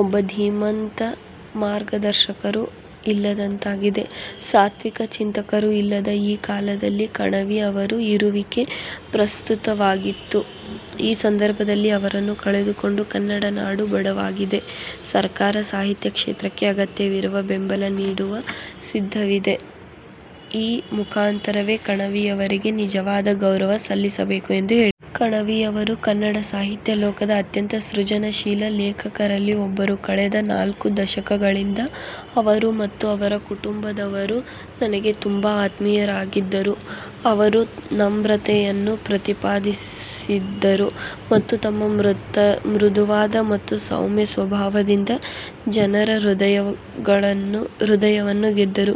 ಒಬ್ಬ ಧೀಮಂತ, ಮಾರ್ಗದರ್ಶಕರು ಇಲ್ಲದಂತಾಗಿದೆ. ಸಾತ್ವಿಕ ಚಿಂತಕರು ಇಲ್ಲದ ಈ ಕಾಲದಲ್ಲಿ ಕಣವಿ ಅವರ ಇರುವಿಕೆ ಪ್ರಸ್ತುತವಾಗಿತ್ತು. ಈ ಸಂದರ್ಭದಲ್ಲಿ ಅವರನ್ನು ಕಳೆದುಕೊಂಡು ಕನ್ನಡ ನಾಡು ಬಡವಾಗಿದೆ. ಸರ್ಕಾರ ಸಾಹಿತ್ಯ ಕ್ಷೇತ್ರಕ್ಕೆ ಅಗತ್ಯವಿರುವ ಬೆಂಬಲ ನೀಡುವ ಸಿದ್ಧವಿದೆ. ಈ ಮುಖಾಂತರವೇ ಕಣವಿಯವರಿಗೆ ನಿಜವಾದ ಗೌರವ ಸಲ್ಲಿಸಲಿದೆ ಎಂದು ಹೇಳಿದ್ದಾರೆ. "ಕಣವಿಯವರು ಕನ್ನಡ ಸಾಹಿತ್ಯ ಲೋಕದ ಅತ್ಯಂತ ಸೃಜನಶೀಲ ಲೇಖಕರಲ್ಲಿ ಒಬ್ಬರು. ಕಳೆದ ನಾಲ್ಕು ದಶಕಗಳಿಂದ ಅವರು ಮತ್ತು ಅವರ ಕುಟುಂಬದವರು ನನಗೆ ತುಂಬಾ ಆತ್ಮೀಯರಾಗಿದ್ದರು. ಅವರು ನಮ್ರತೆಯನ್ನು ಪ್ರತಿಪಾದಿಸಿದ್ದರು. ಮತ್ತು ತಮ್ಮ ಮೃದುವಾದ ಮತ್ತು ಸೌಮ್ಯ ಸ್ವಭಾವದಿಂದ ಜನರ ಹೃದಯವನ್ನು ಗೆದ್ದರು,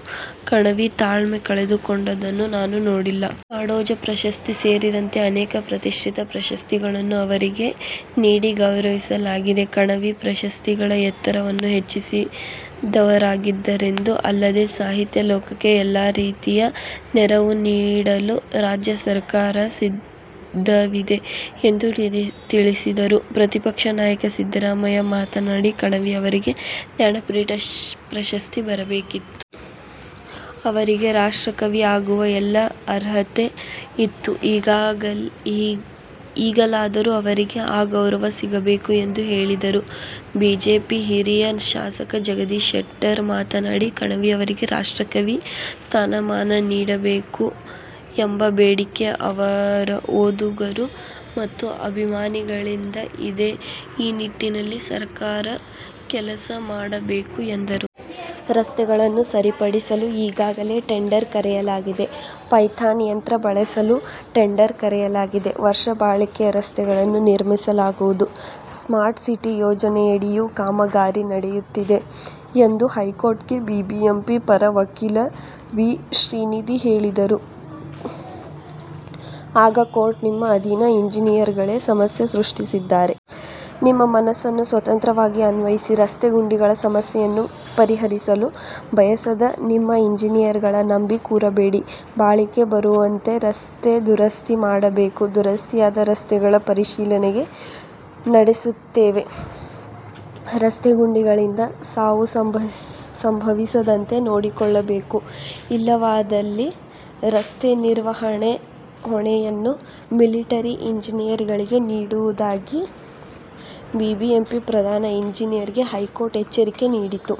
ಕಣವಿ ತಾಳ್ಮೆ ಕಳೆದುಕೊಂಡಿದ್ದನ್ನು ನಾನು ನೋಡಿಲ್ಲ. "ನಾಡೋಜ ಪ್ರಶಸ್ತಿ ಸೇರಿದಂತೆ ಅನೇಕ ಪ್ರತಿಷ್ಠಿತ ಪ್ರಶಸ್ತಿಗಳನ್ನು ಅವರಿಗೆ ನೀಡಿ ಗೌರವಿಸಲಾಗಿದೆ. ಕಣವಿ ಪ್ರಶಸ್ತಿಗಳ ಎತ್ತರವನ್ನು ಹೆಚ್ಚಿಸಿದ್ದವರಾಗಿದ್ದಾರೆಂದರು. ಅಲ್ಲದೆ, ಸಾಹಿತ್ಯ ಲೋಕಕ್ಕೆ ಎಲ್ಲಾ ರೀತಿಯ ನೆರವು ನೀಡಲು ರಾಜ್ಯ ಸರ್ಕಾರ ಸಿದ್ಧವಿದೆ ಎಂದು ತಿಳಿಸಿದರು. ಪ್ರತಿಪಕ್ಷ ನಾಯಕ ಸಿದ್ದರಾಮಯ್ಯ ಮಾತನಾಡಿ, ಕಣವಿ ಅವರಿಗೆ ಜ್ಞಾನಪೀಠ ಪ್ರಶಸ್ತಿ ಬರಬೇಕಿತ್ತು. "ಅವರಿಗೆ 'ರಾಷ್ಟ್ರಕವಿ' ಆಗುವ ಎಲ್ಲ ಅರ್ಹತೆ ಇತ್ತು. ಈಗಲಾದರೂ ಅವರಿಗೆ ಆ ಗೌರವ ಸಿಗಬೇಕು ಎಂದು ಹೇಳಿದರು. ಬಿಜೆಪಿ ಹಿರಿಯ ಶಾಸಕ ಜಗದೀಶ ಶೆಟ್ಟರ್ ಮಾತನಾಡಿ, ಕಣವಿ ಅವರಿಗೆ 'ರಾಷ್ಟ್ರಕವಿ' ಸ್ಥಾನಮಾನ ನೀಡಬೇಕು ಎಂಬ ಬೇಡಿಕೆ ಅವರ ಓದುಗರು ಮತ್ತು ಅಭಿಮಾನಿಗಳಿಂದ ಇದೆ. ಈ ನಿಟ್ಟಿನಲ್ಲಿ ಸರಕಾರ ಕೆಲಸ ಮಾಡಬೇಕು ಎಂದರು. ರಸ್ತೆಗಳನ್ನು ಸರಿಪಡಿಸಲು ಈಗಾಗಲೇ ಟೆಂಡರ್ ಕರೆಯಲಾಗಿದೆ. ಪೈಥಾನ್ ಯಂತ್ರ ಬಳಸಲು ಟೆಂಡರ್ ಕರೆಯಲಾಗಿದೆ. ವರ್ಷ ಬಾಳಿಕೆಯ ರಸ್ತೆಗಳನ್ನು ನಿರ್ಮಿಸಲಾಗುವುದು. ಸ್ಮಾರ್ಟ್ ಸಿಟಿ ಯೋಜನೆಯಡಿಯೂ ಕಾಮಗಾರಿ ನಡೆಯುತ್ತಿದೆ ಎಂದು ಹೈಕೋರ್ಟ್ಗೆ ಬಿಬಿಎಂಪಿ ಪರ ವಕೀಲ ವಿ. ಶ್ರೀನಿಧಿ ಹೇಳಿದರು. ಆಗ ಕೋರ್ಟ್, ನಿಮ್ಮ ಅಧೀನ ಇಂಜಿನಿಯರ್ಗಳೇ ಸಮಸ್ಯೆ ಸೃಷ್ಟಿಸಿದ್ದಾರೆ. ನಿಮ್ಮ ಮನಸ್ಸನ್ನು ಸ್ವತಂತ್ರವಾಗಿ ಅನ್ವಯಿಸಿ, ರಸ್ತೆ ಗುಂಡಿಗಳ ಸಮಸ್ಯೆಯನ್ನು ಪರಿಹರಿಸಲು ಬಯಸದ ನಿಮ್ಮ ಎಂಜಿನಿಯರ್ಗಳ ನಂಬಿ ಕೂರಬೇಡಿ. ಬಾಳಿಕೆ ಬರುವಂತೆ ರಸ್ತೆ ದುರಸ್ತಿ ಮಾಡಬೇಕು. ದುರಸ್ತಿಯಾದ ರಸ್ತೆಗಳ ಪರಿಶೀಲನೆ ನಡೆಸುತ್ತೇವೆ. ರಸ್ತೆ ಗುಂಡಿಗಳಿಂದ ಸಾವು ಸಂಭವಿಸದಂತೆ ನೋಡಿಕೊಳ್ಳಬೇಕು. ಇಲ್ಲವಾದಲ್ಲಿ ರಸ್ತೆ ನಿರ್ವಹಣೆ ಹೊಣೆಯನ್ನು ಮಿಲಿಟರಿ ಇಂಜಿನಿಯರ್ಗಳಿಗೆ ನೀಡುವುದಾಗಿ ಬಿಬಿಎಂಪಿ ಪ್ರಧಾನ ಇಂಜಿನಿಯರ್ಗೆ ಹೈಕೋರ್ಟ್ ಎಚ್ಚರಿಕೆ ನೀಡಿತು.